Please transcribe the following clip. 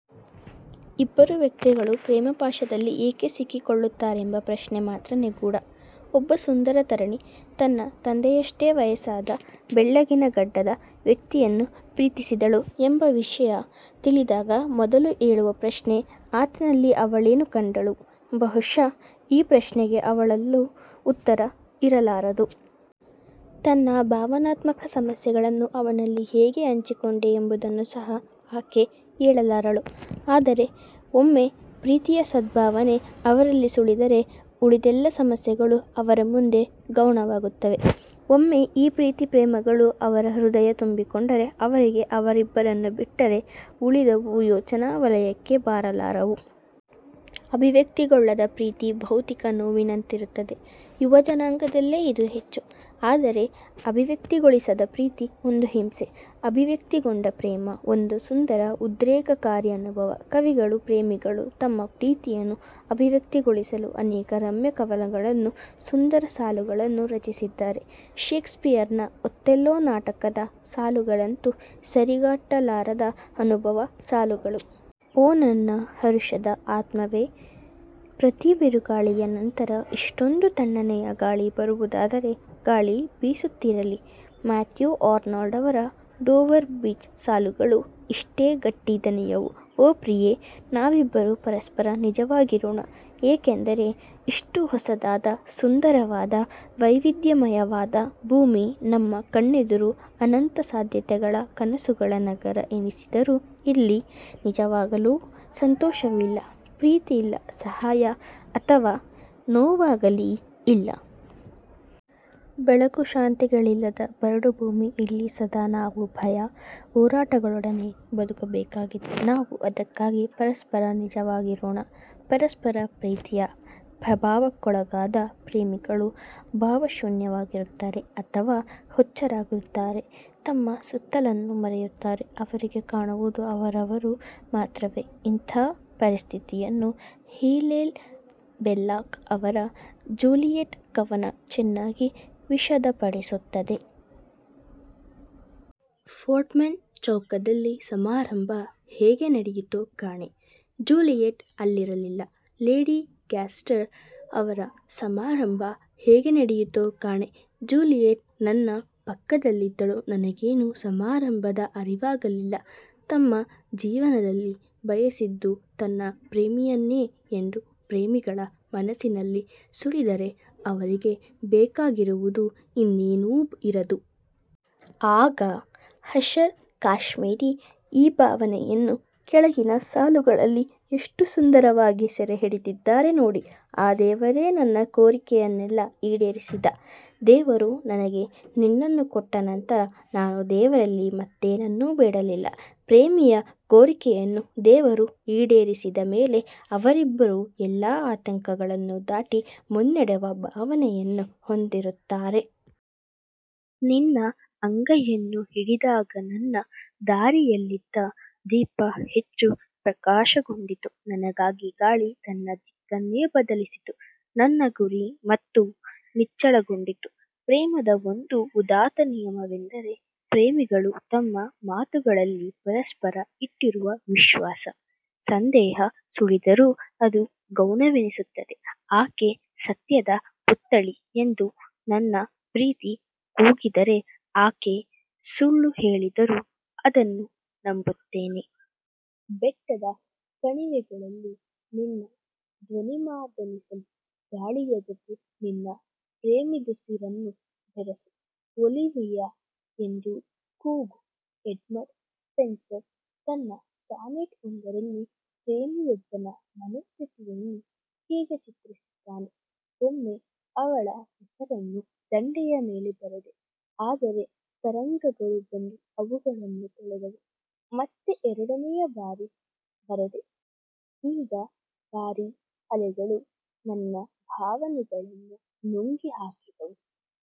ಇಬ್ಬರು ವ್ಯಕ್ತಿಗಳು ಪ್ರೇಮಪಾಶದಲ್ಲಿ ಏಕೆ ಸಿಕ್ಕಿಕೊಳ್ಳುತ್ತಾರೆಂಬ ಪ್ರಶ್ನೆ ಮಾತ್ರ ನಿಗೂಢ. ಒಬ್ಬ ಸುಂದರ ತರಣಿ ತನ್ನ ತಂದೆಯಷ್ಟೇ ವಯಸ್ಸಾದ ಬೆಳ್ಳಗಿನ ಗಡ್ಡದ ವ್ಯಕ್ತಿಯನ್ನು ಪ್ರೀತಿಸಿದಳು ಎಂಬ ವಿಷಯ ತಿಳಿದಾಗ ಮೊದಲು ಏಳುವ ಪ್ರಶ್ನೆ – ಆತನಲ್ಲಿ ಅವಳೇನು ಕಂಡಳು? ಬಹುಶಃ ಈ ಪ್ರಶ್ನೆಗೆ ಅವಳಲ್ಲೂ ಉತ್ತರ ಇರಲಾರದು. ತನ್ನ ಭಾವನಾತ್ಮಕ ಸಮಸ್ಯೆಗಳನ್ನು ಅವನಲ್ಲಿ ಹೇಗೆ ಹಂಚಿಕೊಂಡೆ ಎಂಬುದನ್ನು ಸಹ ಆಕೆ ಹೇಳಲಾರಳು. ಆದರೆ ಒಮ್ಮೆ ಪ್ರೀತಿಯ ಸದ್ಭಾವನೆ ಅವರಲ್ಲಿ ಸುಳಿದರೆ ಉಳಿದೆಲ್ಲ ಸಮಸ್ಯೆಗಳು ಅವರ ಮುಂದೆ ಗೌಣವಾಗುತ್ತವೆ. ಒಮ್ಮೆ ಈ ಪ್ರೀತಿ ಪ್ರೇಮಗಳು ಅವರ ಹೃದಯ ತುಂಬಿಕೊಂಡರೆ ಅವರಿಗೆ ಅವರಿಬ್ಬರನ್ನು ಬಿಟ್ಟರೆ ಉಳಿದವು ಯೋಚನಾ ವಲಯಕ್ಕೆ ಬರಲಾರವು. ಅಭಿವ್ಯಕ್ತಿಗೊಳ್ಳದ ಪ್ರೀತಿ ಭೌತಿಕ ನೋವಿನಂತಿರುತ್ತದೆ. ಯುವ ಜನಾಂಗದಲ್ಲೇ ಇದು ಹೆಚ್ಚು. ಆದರೆ ಅಭಿವ್ಯಕ್ತಿಗೊಳಿಸದ ಪ್ರೀತಿ ಒಂದು ಹಿಂಸೆ. ಅಭಿವ್ಯಕ್ತಿಗೊಂಡ ಪ್ರೇಮ ಒಂದು ಸುಂದರ ಉದ್ರೇಕಕಾರಿ ಅನುಭವ. ಕವಿಗಳು ಪ್ರೇಮಿಗಳು ತಮ್ಮ ಪ್ರೀತಿಯನ್ನು ಅಭಿವ್ಯಕ್ತಿಗೊಳಿಸಲು ಅನೇಕ ರಮ್ಯ ಕವನಗಳನ್ನು, ಸುಂದರ ಸಾಲುಗಳನ್ನು ರಚಿಸಿದ್ದಾರೆ. ಷೇಕ್ಸ್ಪಿಯರ್ನ ಒಥೆಲೋ ನಾಟಕದ ಸಾಲುಗಳಂತೂ ಸರಿಗಟ್ಟಲಾರದ ಅನುಭಾವ ಸಾಲುಗಳು. ಓ ನನ್ನ ಹರುಷದ ಆತ್ಮವೇ! ಪ್ರತಿ ಬಿರುಗಾಳಿಯ ನಂತರ ಇಷ್ಟೊಂದು ತಣ್ಣನೆಯ ಗಾಳಿ ಬರುವುದಾದರೆ, ಗಾಳಿ ಬೀಸುತ್ತಿರಲಿ. ಮ್ಯಾಥ್ಯೂ ಆರ್ನಾಲ್ಡ್ ಅವರ ಡೋವರ್ ಬೀಚ್ ಸಾಲುಗಳೂ ಇಷ್ಟೇ ಗಟ್ಟಿ ದನಿಯವು. ಓ, ಪ್ರಿಯೆ. ನಾವಿಬ್ಬರೂ ಪರಸ್ಪರ ನಿಜವಾಗಿರೋಣ. ಏಕೆಂದರೆ ಇಷ್ಟು ಹೊಸದಾದ, ಸುಂದರವಾದ ವೈವಿಧ್ಯಮಯವಾದ ಭೂಮಿ ನಮ್ಮ ಕಣ್ಣೆದುರು ಅನಂತ ಸಾಧ್ಯತೆಗಳ ಕನಸುಗಳ ನಗರ ಎನಿಸಿದರೂ ಇಲ್ಲಿ, ನಿಜವಾಗಲೂ ಸಂತೋಷವಿಲ್ಲ, ಪ್ರೀತಿಯಿಲ್ಲ ಸಹಾಯ ಅಥವಾ ನೋವಾಗಲೀ ಇಲ್ಲ. ಬೆಳಕು ಶಾಂತಿಗಳಿಲ್ಲದ ಬರಡು ಭೂಮಿ ಇಲ್ಲಿ ಸದಾ ನಾವು ಭಯ, ಹೋರಾಟಗಳೊಡನೆ ಬದುಕಬೇಕಾಗಿದೆ ನಾವು ಅದಕ್ಕಾಗಿ ಪರಸ್ಪರ ನಿಜವಾಗಿರೋಣ. ಪರಸ್ಪರ ಪ್ರೀತಿಯ ಪ್ರಭಾವಕ್ಕೊಳಗಾದ ಪ್ರೇಮಿಗಳು ಭಾವಶೂನ್ಯವಾಗಿರುತ್ತಾರೆ. ಅಥವಾ ಹುಚ್ಚರಾಗಿರುತ್ತಾರೆ. ತಮ್ಮ ಸುತ್ತಲನ್ನು ಮರೆಯುತ್ತಾರೆ. ಅವರಿಗೆ ಕಾಣುವುದು ಅವರವರು ಮಾತ್ರವೇ. ಇಂಥ ಪರಿಸ್ಥಿತಿಯನ್ನು ಹಿಲೇಲ್ ಬೆಲ್ಲಾಕ್ ಅವರ 'ಜೂಲಿಯಟ್' ಕವನ ಚೆನ್ನಾಗಿ ವಿಷದಪಡಿಸುತ್ತದೆ. ಪೊರ್ಟ್ಮನ್ ಚೌಕದಲ್ಲಿ ಸಮಾರಂಭ ಹೇಗೆ ನಡೆಯಿತೋ ಕಾಣೆ? ಜೂಲಿಯೆಟ್ ಅಲ್ಲಿರಲಿಲ್ಲ ಲೇಡಿ ಗ್ಯಾಸ್ಟರ್ ಅವರ ಸಮಾರಂಭ ಹೇಗೆ ನಡೆಯಿತೋ ಕಾಣೆ. ಜೂಲಿಯೆಟ್ ನನ್ನ ಪಕ್ಕದಲ್ಲಿದ್ದಳು ನನಗೇನು ಸಮಾರಂಭದ ಅರಿವಾಗಲಿಲ್ಲ. ತಮ್ಮ ಜೀವನದಲ್ಲಿ ಬಯಸಿದ್ದು ತನ್ನ ಪ್ರೇಮಿಯನ್ನೇ ಎಂದು ಪ್ರೇಮಿಗಳ ಮನಸ್ಸಿನಲ್ಲಿ ಸುಳಿದರೆ ಅವರಿಗೆ ಬೇಕಾಗಿರುವುದು ಇನ್ನೇನೂ ಇರದು. ಆಘಾ ಹಷರ್ ಕಾಶ್ಮೀರಿ ಈ ಭಾವನೆಯನ್ನು ಕೆಳಗಿನ ಸಾಲುಗಳಲ್ಲಿ ಎಷ್ಟು ಸುಂದರವಾಗಿ ಸೆರೆಹಿಡಿದಿದ್ದಾರೆ ನೋಡಿ. ಆ ದೇವರೇ ನನ್ನ ಕೋರಿಕೆಯನ್ನೆಲ್ಲಾ ಈಡೇರಿಸಿದ. ದೇವರು ನನಗೆ ನಿನ್ನನ್ನು ಕೊಟ್ಟ ನಂತರ ನಾನು ದೇವರಲ್ಲಿ ಮತ್ತೇನನ್ನೂ ಬೇಡಲಿಲ್ಲ. ಪ್ರೇಮಿಯ ಕೋರಿಕೆಯನ್ನು ದೇವರು ಈಡೇರಿಸಿದ ಮೇಲೆ ಅವರಿಬ್ಬರೂ ಎಲ್ಲಾ ಆತಂಕಗಳನ್ನು ದಾಟಿ ಮುನ್ನಡೆವ ಭಾವನೆಯನ್ನು ಹೊಂದಿರುತ್ತಾರೆ. ನಿನ್ನ ಅಂಗೈಯನ್ನು ಹಿಡಿದಾಗನನ್ನ ದಾರಿಯಲ್ಲಿದ್ದ ದೀಪ ಹೆಚ್ಚು ಪ್ರಕಾಶಗೊಂಡಿತು. ನನಗಾಗಿ ಗಾಳಿ ತನ್ನ ದಿಕ್ಕನ್ನೇ ಬದಲಿಸಿತು. ನನ್ನ ಗುರಿ ಮತ್ತೂ ನಿಚ್ಚಳಗೊಂಡಿತು. ಪ್ರೇಮದ ಒಂದು ಉದಾತ್ತ ನಿಯಮವೆಂದರೆ ಪ್ರೇಮಿಗಳು ತಮ್ಮ ಮಾತುಗಳಲ್ಲಿ ಪರಸ್ಪರ ಇಟ್ಟಿರುವ ವಿಶ್ವಾಸ. ಸಂದೇಹ ಸುಳಿದರೂ ಅದು ಗೌಣವೆನಿಸುತ್ತದೆ. ಆಕೆ ಸತ್ಯದ ಪುತ್ಥಳಿ ಎಂದು ನನ್ನ ಪ್ರೀತಿ ಕೂಗಿದರೆ ಆಕೆ ಸುಳ್ಳು ಹೇಳಿದರೂ ಅದನ್ನು ನಂಬುತ್ತೇನೆ. ಬೆಟ್ಟದ ಕಣಿವೆಗಳಲ್ಲಿ ನಿನ್ನ ಧ್ವನಿಮಾರ್ದನಿಸಲಿ ಗಾಳಿಯ ಜತೆ ನಿನ್ನ ಪ್ರೇಮಿದುಸಿರನ್ನು ಬೆರಸು 'ಒಲಿವಿಯಾ' ಎಂದು ಕೂಗು ಎಡ್ಮಂಡ್ ಸ್ಪೆನ್ಸರ್ ತನ್ನ ಸಾನೆಟ್ ಒಂದರಲ್ಲಿ ಪ್ರೇಮಿಯೊಬ್ಬನ ಮನಸ್ಥಿತಿಯನ್ನು ಹೀಗೆ ಚಿತ್ರಿಸುತ್ತಾನೆ. ಒಮ್ಮೆಅವಳ ಹೆಸರನ್ನು ದಂಡೆಯ ಮೇಲೆ ಬರೆದೆ. ಆದರೆ ತರಂಗಗಳು ಬಂದು ಅವುಗಳನ್ನು ತೊಳೆದವು. ಮತ್ತೆ ಎರಡನೆಯ ಬಾರಿ ಬರೆದೆ. ಈಗ ಭಾರಿ ಅಲೆಗಳು ನನ್ನ ಭಾವನೆಗಳನ್ನು ನುಂಗಿ ಹಾಕಿದವು.